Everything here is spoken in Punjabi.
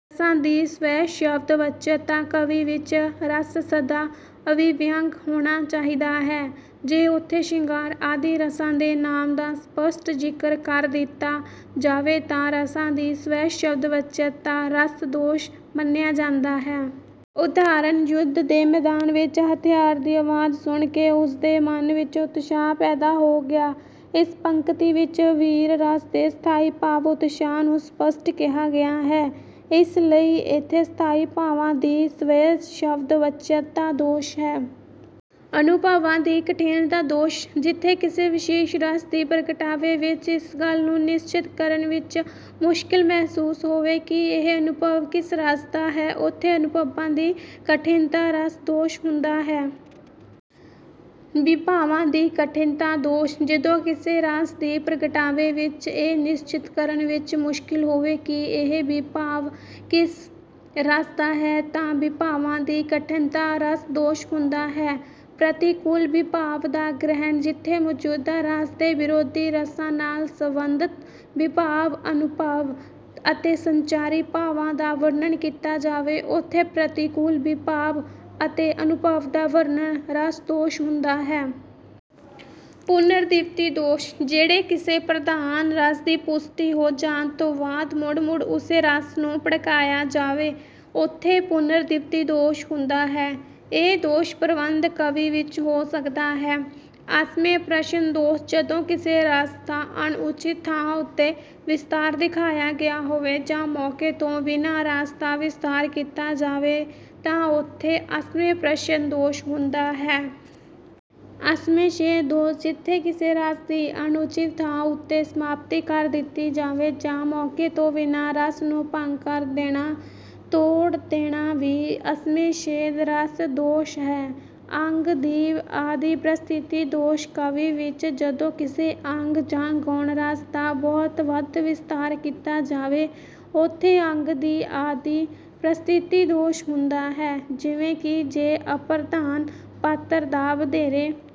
ਰਸਾਂ ਦੀ ਸ਼੍ਰਵੈਸ਼ਬਦਵਾਚਯਤਾ- ਕਾਵਿ ਵਿੱਚ ਰਸ ਸਦਾ ਅਭਿਵਿਅੰਗ ਹੋਣਾ ਚਾਹੀਦਾ ਹੈ। ਜੇ ਉੱਥੇ 'ਸ਼ਿੰਗਾਰ' ਆਦਿ ਰਸਾਂ ਦੇ ਨਾਮ ਦਾ ਸਪੱਸ਼ਟ ਜ਼ਿਕਰ ਕਰ ਦਿੱਤਾ ਜਾਵੇ ਤਾਂ 'ਰਸਾ ਦੀ ਸ਼੍ਰਵੈਸ਼ਬਦਵਾਚਯਤਾ' ਰਸ ਦੋਸ਼ ਮੰਨਿਆ ਜਾਂਦਾ ਹੈ। ਉਦਾਹਰਨ- ਯੁੱਧ ਦੇ ਮੈਦਾਨ ਵਿੱਚ ਹਥਿਆਰਾਂ ਦੀ ਆਵਾਜ਼ ਸੁਣ ਕੇ ਉਸ ਦੇ ਮਨ ਵਿੱਚ ਉਤਸ਼ਾਹ ਪੈਦਾ ਹੋ ਗਿਆ। ਇਸ ਪੰਕਤੀ ਵਿੱਚ ਵੀਰ ਰਸ ਦੇ ਸਥਾਈ ਭਾਵ 'ਉਤਸ਼ਾਹ' ਨੂੰ ਸਪੱਸ਼ਟ ਕਿਹਾ ਗਿਆ ਹੈ, ਇਸ ਲਈ ਇੱਥੇ 'ਸਥਾਈ ਭਾਵਾਂ ਦੀ ਸ਼੍ਰਵੈਸ਼ਬਦਵਾਚਯਤਾ' ਦੋਸ਼ ਹੈ। ਅਨੁਭਾਵਾਂ ਦੀ ਕਠਿਨਤਾ ਦੋਸ਼- ਜਿੱਥੇ ਕਿਸੇ ਵਿਸ਼ੇਸ਼ ਰਸ ਦੀ ਪ੍ਰਗਟਾਵੇ ਵਿੱਚ ਇਸ ਗੱਲ ਨੂੰ ਨਿਸ਼ਚਿਤ ਕਰਨ ਵਿੱਚ ਮੁਸ਼ਕਲ ਮਹਿਸੂਸ ਹੋਵੇ ਕਿ ਇਹ ਅਨੁਭਾਵ ਕਿਸ ਰਸ ਦਾ ਹੈ, ਉੱਥੇ 'ਅਨੁਭਾਵਾਂ ਦੀ ਕਠਿਨਤਾ' ਰਸ ਦੋਸ਼ ਹੁੰਦਾ ਹੈ। ਵਿਭਾਵਾਂ ਦੀ ਕਠਿਨਤਾ ਦੋਸ਼- ਜਦੋਂ ਕਿਸੇ ਰਸ ਦੀ ਪ੍ਰਗਟਾਵੇ ਵਿੱਚ ਇਹ ਨਿਸ਼ਚਿਤ ਕਰਨ ਵਿੱਚ ਮੁਸ਼ਕਲ ਹੋਵੇ ਕਿ ਇਹ ਵਿਭਾਵ ਕਿਸ ਰਸ ਦਾ ਹੈ ਤਾਂ 'ਵਿਭਾਵਾਂ ਦੀ ਕਠਿਨਤਾ' ਰਸ ਦੋਸ਼ ਹੁੰਦਾ ਹੈ। ਪ੍ਰਤੀਕੂਲ ਵਿਭਾਵ ਦਾ ਗ੍ਰਹਿਣ- ਜਿੱਥੇ ਮੌਜੂਦਾ ਰਸ ਦੇ ਵਿਰੋਧੀ ਰਸਾਂ ਨਾਲ ਸਬੰਧਤ ਵਿਭਾਵ, ਅਨੁਭਾਵ ਅਤੇ ਸੰਚਾਰੀ ਭਾਵਾਂ ਦਾ ਵਰਣਨ ਕੀਤਾ ਜਾਵੇ, ਉੱਥੇ 'ਪ੍ਰਤੀਕੂਲ ਵਿਭਾਵ ਅਤੇ ਅਨੁਭਾਵ ਦਾ ਵਰਣਨ' ਰਸ ਦੋਸ਼ ਹੁੰਦਾ ਹੈ। ਪੁਨਰਦੀਪਤੀ ਦੋਸ਼- ਜਿੱਥੇ ਕਿਸੇ ਪ੍ਰਧਾਨ ਰਸ ਦੀ ਪੁਸ਼ਟੀ ਹੋ ਜਾਣ ਤੋਂ ਬਾਅਦ ਮੁੜ-ਮੁੜ ਉਸੇ ਰਸ ਨੂੰ ਭੜਕਾਇਆ ਜਾਵੇ, ਉੱਥੇ 'ਪੁਨਰਦੀਪਤੀ' ਦੋਸ਼ ਹੁੰਦਾ ਹੈ। ਇਹ ਦੋਸ਼ ਪ੍ਰਬੰਧ ਕਾਵਿ ਵਿੱਚ ਹੋ ਸਕਦਾ ਹੈ। ਅਸਮੇਂ ਪ੍ਰਸ਼ਨ ਦੋਸ਼- ਜਦੋਂ ਕਿਸੇ ਰਸ ਦਾ ਅਣਉਚਿਤ ਥਾਂ ਉੱਤੇ ਵਿਸਥਾਰ ਦਿਖਾਇਆ ਗਿਆ ਹੋਵੇ ਜਾਂ ਮੌਕੇ ਤੋਂ ਬਿਨਾਂ ਰਸ ਦਾ ਵਿਸਥਾਰ ਕੀਤਾ ਜਾਵੇ ਤਾਂ ਉੱਥੇ 'ਅਸਮੇਂ ਪ੍ਰਸ਼ਨ' ਦੋਸ਼ ਹੁੰਦਾ ਹੈ। ਅਸਮੇਂ ਛੇਦ ਦੋਸ਼- ਜਿੱਥੇ ਕਿਸੇ ਰਸ ਦੀ ਅਣਉਚਿਤ ਥਾਂ ਉੱਤੇ ਸਮਾਪਤੀ ਕਰ ਦਿੱਤੀ ਜਾਵੇ ਜਾਂ ਮੌਕੇ ਤੋਂ ਬਿਨਾਂ ਰਸ ਨੂੰ ਭੰਗ ਕਰ ਦੇਣਾ, ਤੋੜ ਦੇਣਾ ਵੀ 'ਅਸਮੇਂ ਛੇਦ' ਰਸ ਦੋਸ਼ ਹੈ। ਅੰਗ ਦੀ ਅਤਿ ਵਿਸਤ੍ਰਿਤੀ ਦੋਸ਼- ਕਾਵਿ ਵਿੱਚ ਜਦੋਂ ਕਿਸੇ ਅੰਗ ਜਾਂ ਗੌਣ ਰਸ ਦਾ ਬਹੁਤ ਵੱਧ ਵਿਸਥਾਰ ਕੀਤਾ ਜਾਵੇ, ਉੱਥੇ 'ਅੰਗ ਦੀ ਅਤਿ ਵਿਸਤ੍ਰਿਤੀ' ਦੋਸ਼ ਹੁੰਦਾ ਹੈ। ਜਿਵੇਂ ਕਿ ਜੇ ਅਪ੍ਰਧਾਨ ਪਾਤਰ ਦਾ ਵਧੇਰੇ